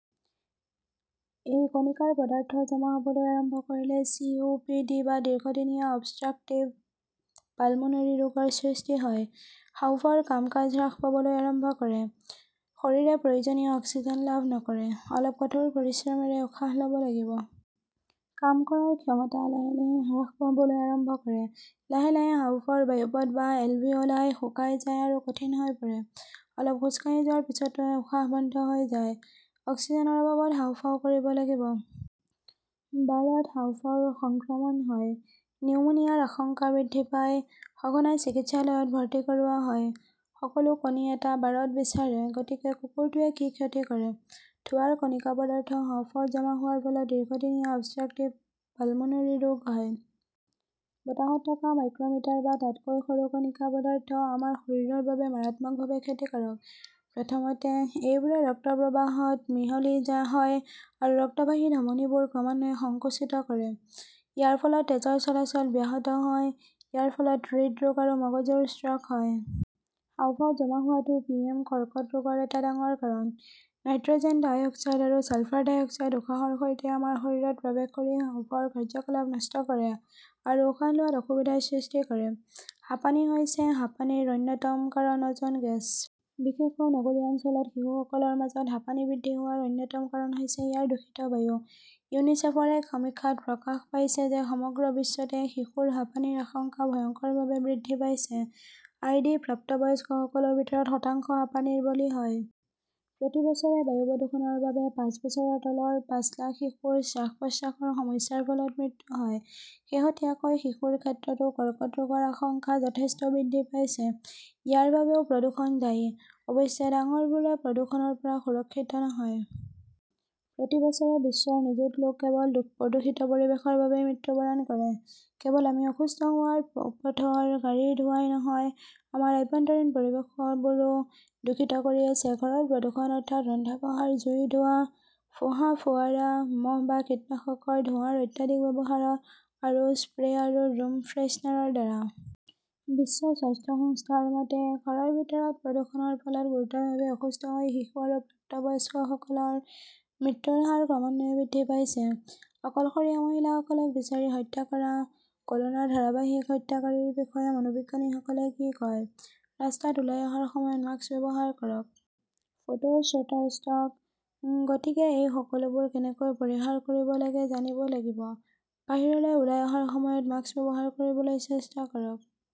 এই কণিকাৰ পদাৰ্থ জমা হ'বলৈ আৰম্ভ কৰিলে চি. ও. পি. ডি. বা দীৰ্ঘদিনীয়া অবষ্ট্ৰাকটিভ পালমোনৰী ৰোগৰ সৃষ্টি হয়। হাঁওফাঁওৰ কাম-কাজ হ্ৰাস পাবলৈ আৰম্ভ কৰে। শৰীৰে প্ৰয়োজনীয় অক্সিজেন লাভ নকৰে। অলপ কঠোৰ পৰিশ্ৰমেৰে উশাহ ল'ব লাগিব। কাম কৰাৰ ক্ষমতা লাহে লাহে হ্ৰাস পাবলৈ আৰম্ভ কৰে। লাহে - লাহে হাঁওফাঁওৰ বায়ুপথ বা এলভিঅলাই শুকাই যায় আৰু কঠিন হৈ পৰে। অলপ খোজ কাঢ়ি যোৱাৰ পিছতো উশাহ বন্ধ হৈ যায়। অক্সিজেনৰ অভাৱত হাঁওফাঁও কৰিব লাগিব। বাৰত হাঁওফাঁওৰ সংক্ৰমণ হয়। নিউমোনিয়াৰ আশংকা বৃদ্ধি পায়, সঘনাই চিকিৎসালয়ত ভৰ্তি কৰোৱা হয়। সকলো কণী এটা বাৰত বিচাৰে, গতিকে কুকুৰটোৱে কি ক্ষতি কৰে। ধোঁৱাৰ কণিকা পদাৰ্থ হাঁওফাঁওত জমা হোৱাৰ ফলত দীৰ্ঘদিনীয়া অবষ্ট্ৰাকটিভ পালমোনৰী ৰোগ হয়। বতাহত থকা মাইক্ৰমিটাৰ বা তাতকৈ সৰু কণিকা পদাৰ্থ আমাৰ শৰীৰৰ বাবে মাৰাত্মকভাৱে ক্ষতিকাৰক। প্ৰথমতে, এইবোৰে ৰক্ত প্ৰবাহত মিহলি হয় আৰু ৰক্তবাহী ধমনীবোৰ ক্ৰমান্বয়ে সঙ্কুচিত কৰে। ইয়াৰ ফলত তেজৰ চলাচল ব্যাহত হয়। ইয়াৰ ফলত হৃদৰোগ আৰু মগজুৰ ষ্ট্ৰ'ক হয়। হাঁওফাঁওত জমা হোৱাটো পিএম কৰ্কট ৰোগৰ এটা ডাঙৰ কাৰণ। নাইট্ৰ'জেন ডাই অক্সাইড আৰু ছালফাৰ ডাই অক্সাইড উশাহৰ সৈতে আমাৰ শৰীৰত প্ৰৱেশ কৰি হাঁওফাঁওৰ কাৰ্য্যকলাপ নষ্ট কৰে আৰু উশাহ লোৱাত অসুবিধাৰ সৃষ্টি কৰে। হাঁপানি হৈছে হাঁপানিৰ অন্যতম কাৰণ অজন গেছ। বিশেষকৈ নগৰীয়া অঞ্চলত শিশুসকলৰ মাজত হাঁপানি বৃদ্ধি হোৱাৰ অন্যতম কাৰণ হৈছে ইয়াৰ দূষিত বায়ু। ইউনিচেফৰ এক সমীক্ষাত প্ৰকাশ পাইছে যে সমগ্ৰ বিশ্বতে শিশুৰ হাঁপানিৰ আশংকা ভয়ংকৰভাৱে বৃদ্ধি পাইছে। আই. ডি. প্ৰাপ্তবয়স্কসকলৰ ভিতৰত শতাংশ হাঁপানিৰ বলি হয়। প্ৰতি বছৰে বায়ু প্ৰদূষণৰ বাবে পাঁচ বছৰৰ তলৰ পাঁচ লাখ শিশুৰ শ্বাস-প্ৰশ্বাসৰ সমস্যাৰ ফলত মৃত্যু হয়। শেহতীয়াকৈ শিশুৰ ক্ষেত্ৰতো কৰ্কট ৰোগৰ আশংকা যথেষ্ট বৃদ্ধি পাইছে। ইয়াৰ বাবেও প্ৰদূষণ দায়ী। অৱশ্যে, ডাঙৰবোৰো প্ৰদূষণৰ পৰা সুৰক্ষিত নহয়। প্ৰতি বছৰে বিশ্বৰ নিযুত লোক কেৱল প্ৰদূষিত পৰিৱেশৰ বাবেই মৃত্যুবৰণ কৰে। কেৱল আমি অসুস্থ হোৱা পথৰ গাড়ীৰ ধোঁৱাই নহয়, আমাৰ অভ্যন্তৰীণ পৰিৱেশবোৰো দূষিত কৰি আছে, ঘৰৰ প্ৰদূষণ অৰ্থাৎ ৰন্ধা-বঢ়াৰ জুইৰ ধোৱা, ফোহা ফোৱাৰা, মহ বা কীটনাশকৰ ধোঁৱাৰ অত্যাধিক ব্যৱহাৰ আৰু স্প্ৰে আৰু ৰুম ফ্ৰেছনাৰৰ দ্বাৰা। বিশ্ব স্বাস্থ্য সংস্থাৰ মতে, ঘৰৰ ভিতৰৰ প্ৰদূষণৰ ফলত গুৰুতৰভাৱে অসুস্থ হৈ শিশু আৰু প্ৰাপ্তবয়স্কসকলৰ মৃত্যুৰ হাৰ ক্ৰমান্বয়ে বৃদ্ধি পাইছে। অকলশৰীয়া মহিলাসকলক বিচাৰি হত্যা কৰা, কলনাৰ ধাৰাবাহিক হত্যাকাৰীৰ বিষয়ে মনোবিজ্ঞানীসকলে কি কয়? ৰাস্তাত ওলাই অহাৰ সময়ত মাস্ক ব্যৱহাৰ কৰক। Photo Shutterstock. গতিকে এই সকলোবোৰ কেনেকৈ পৰিহাৰ কৰিব লাগে জানিব লাগিব। বাহিৰলৈ ওলাই অহাৰ সময়ত মাস্ক ব্যৱহাৰ কৰিবলৈ চেষ্টা কৰক।